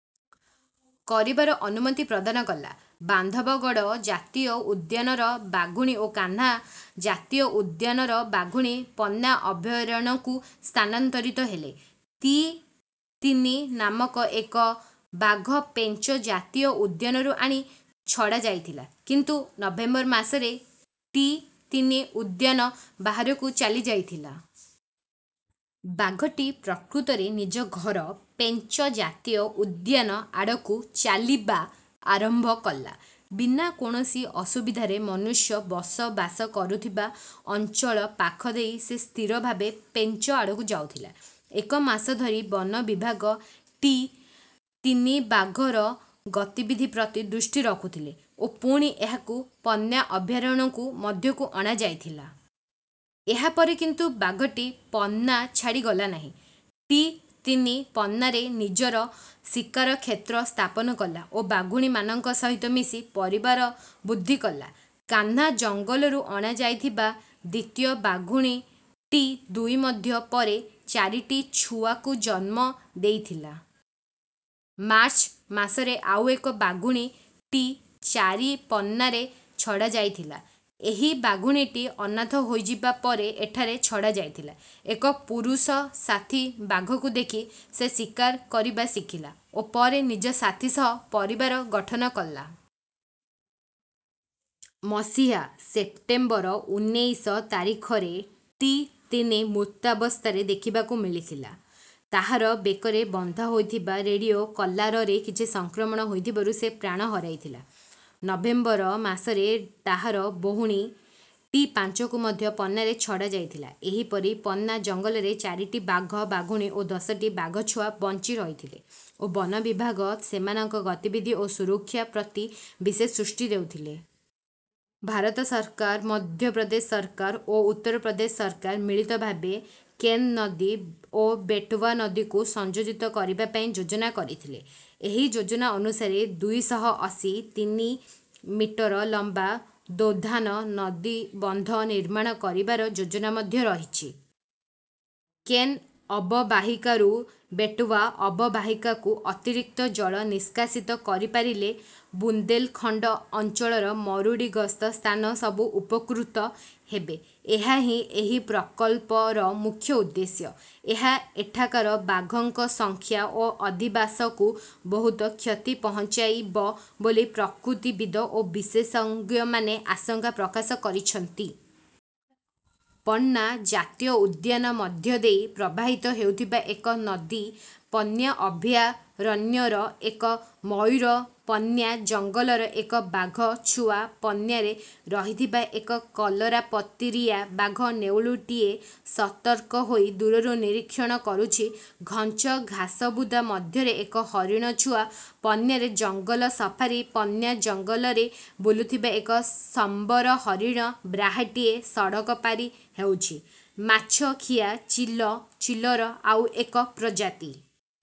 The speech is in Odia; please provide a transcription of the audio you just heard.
କରିବାର ଅନୁମତି ପ୍ରଦାନ କଲା। ବାନ୍ଧବଗଡ଼ ଜାତୀୟ ଉଦ୍ୟାନର ବାଘୁଣୀ ଓ କାହ୍ନା ଜାତୀୟ ଉଦ୍ୟାନର ବାଘୁଣୀ ପନ୍ନା ଅଭୟାରଣ୍ୟକୁ ସ୍ଥାନାନ୍ତରିତ ହେଲେ। ତି ତିନି ନାମକ ଏକ ବାଘ ପେଞ୍ଚ ଜାତୀୟ ଉଦ୍ୟାନରୁ ଆଣି ଛଡ଼ାଯାଇଥିଲା। କିନ୍ତୁ ନଭେମ୍ବର ମାସରେ ଟି ତିନି ଉଦ୍ୟାନ ବାହାରକୁ ଚାଲି ଯାଇଥିଲା। ବାଘଟି ପ୍ରକୃତରେ ନିଜ ଘର ପେଞ୍ଚ ଜାତୀୟ ଉଦ୍ୟାନ ଆଡ଼କୁ ଚାଲିବା ଆରମ୍ଭ କଲା। ବିନା କୌଣସି ଅସୁବିଧାରେ ମନୁଷ୍ୟ ବସବାସ କରୁଥିବା ଅଞ୍ଚଳ ପାଖ ଦେଇ ସେ ସ୍ଥିର ଭାବେ ପେଞ୍ଚ ଆଡ଼କୁ ଯାଉଥିଲା। ଏକ ମାସ ଧରି ବନ ବିଭାଗ ଟି ତିନି ବାଘର ଗତିବିଧି ପ୍ରତି ଦୃଷ୍ଟି ରଖୁଥିଲେ ଓ ପୁଣି ଏହାକୁ ପନ୍ନା ଅଭୟାରଣ୍ୟ ମଧ୍ୟକୁ ଅଣାଯାଇଥିଲା। ଏହା ପରେ କିନ୍ତୁ ବାଘଟି ପନ୍ନା ଛାଡ଼ି ଗଲା ନାହିଁ। ଟି ତିନି ପନ୍ନାରେ ନିଜର ଶିକାର କ୍ଷେତ୍ର ସ୍ଥାପନ କଲା ଓ ବାଘୁଣୀମାନଙ୍କ ସହିତ ମିଶି ପରିବାର ବୃଦ୍ଧି କଲା। କାହ୍ନା ଜଙ୍ଗଲରୁ ଅଣାଯାଇଥିବା ଦ୍ୱିତୀୟ ବାଘୁଣୀ ଟି ଦୁଇ ମଧ୍ୟ ପରେ ଚାରିଟି ଛୁଆ କୁ ଜନ୍ମ ଦେଇଥିଲା। ମାର୍ଚ୍ଚ ମାସରେ ଆଉ ଏକ ବାଘୁଣୀ ଟି ଚାରି ପନ୍ନାରେ ଛଡ଼ାଯାଇଥିଲା। ଏହି ବାଘୁଣୀଟି ଅନାଥ ହୋଇଯିବା ପରେ ଏଠାରେ ଛଡ଼ାଯାଇଥିଲା। ଏକ ପୁରୁଷ ସାଥୀ ବାଘକୁ ଦେଖି ସେ ଶିକାର କରିବା ଶିଖିଲା ଓ ପରେ ନିଜ ସାଥୀ ସହ ପରିବାର ଗଠନ କଲା। ମସିହା ସେପ୍ଟେମ୍ବର ଉନେଇଶ ତାରିଖରେ ଟି ତିନି ମୃତାବସ୍ଥାରେ ଦେଖିବାକୁ ମିଳିଥିଲା। ତାହାର ବେକରେ ବନ୍ଧା ହୋଇଥିବା ରେଡିଓ କଲାରରେ କିଛି ସଂକ୍ରମଣ ହୋଇଥିବାରୁ ସେ ପ୍ରାଣ ହରାଇଥିଲା। ନଭେମ୍ବର ମାସରେ ତାହାର ଭଉଣୀ ଟି ପାଞ୍ଚକୁ ମଧ୍ୟ ପନ୍ନାରେ ଛଡ଼ା ଯାଇଥିଲା। ଏହିପରି ପନ୍ନା ଜଙ୍ଗଲରେ ଚାରିଟି ବାଘ ବାଘୁଣୀ ଓ ଦଶଟି ବାଘଛୁଆ ବଞ୍ଚି ରହିଥିଲେ ଓ ବନ ବିଭାଗ ସେମାନଙ୍କ ଗତିବିଧି ଓ ସୁରକ୍ଷା ପ୍ରତି ବିଶେଷ ସ୍ରୁଷ୍ଟି ଦେଉଥିଲେ। ଭାରତ ସରକାର, ମଧ୍ୟ ପ୍ରଦେଶ ସରକାର ଓ ଉତ୍ତର ପ୍ରଦେଶ ସରକାର ମିଳିତ ଭାବେ କେନ୍ ନଦୀ ଓ ବେଟୱା ନଦୀକୁ ସଂଯୋଜିତ କରିବା ପାଇଁ ଯୋଜନା କରିଥିଲେ। ଏହି ଯୋଜନା ଅନୁସାରେ ଦୁଇ ଶହ ଅଶୀ ତିନି ମିଟର ଲମ୍ବା ଦୌଧାନ ନଦୀବନ୍ଧ ନିର୍ମାଣ କରିବାର ଯୋଜନା ମଧ୍ୟ ରହିଛି। କେନ୍ ଅବବାହିକାରୁ ବେଟୱା ଅବବାହିକାକୁ ଅତିରିକ୍ତ ଜଳ ନିଷ୍କାସିତ କରିପାରିଲେ ବୁନ୍ଦେଲଖଣ୍ଡ ଅଞ୍ଚଳର ମରୁଡ଼ିଗସ୍ତ ସ୍ଥାନ ସବୁ ଉପକୃତ ହେବେ। ଏହା ହିଁ ଏହି ପ୍ରକଲ୍ପର ମୁଖ୍ୟ ଉଦ୍ଦେଶ୍ୟ। ଏହା ଏଠାକାର ବାଘଙ୍କ ସଂଖ୍ୟା ଓ ଅଧିବାସକୁ ବହୁତ କ୍ଷତି ପହଞ୍ଚାଇବ ବୋଲି ପ୍ରକୃତିବିଦ ଓ ବିଶେଷଜ୍ଞମାନେ ଆଶଙ୍କା ପ୍ରକାଶ କରିଛନ୍ତି। ପନ୍ନା ଜାତୀୟ ଉଦ୍ୟାନ ମଧ୍ୟ ଦେଇ ପ୍ରବାହିତ ହେଉଥିବା ଏକ ନଦୀ ପନ୍ନା ଅଭୟାରଣ୍ୟର ଏକ ମୟୂର ପନ୍ନା ଜଙ୍ଗଲର ଏକ ବାଘ ଛୁଆ ପନ୍ନାରେ ରହିଥିବା ଏକ କଲରାପତରିଆ ବାଘ ନେଉଳୁଟିଏ ସତର୍କ ହୋଇ ଦୂରରୁ ନିରୀକ୍ଷଣ କରୁଛି ଘଞ୍ଚ ଘାସବୁଦା ମଧ୍ୟରେ ଏକ ହରିଣ ଛୁଆ ପନ୍ନାରେ ଜଙ୍ଗଲ ସଫାରୀ ପନ୍ନା ଜଙ୍ଗଲରେ ବୁଲୁଥିବା ଏକ ସମ୍ବର ହରିଣ ବ୍ରାହାଟିଏ ସଡ଼କ ପାରି ହେଉଛି ମାଛଖିଆ ଚିଲ ଚିଲର ଆଉ ଏକ ପ୍ରଜାତି।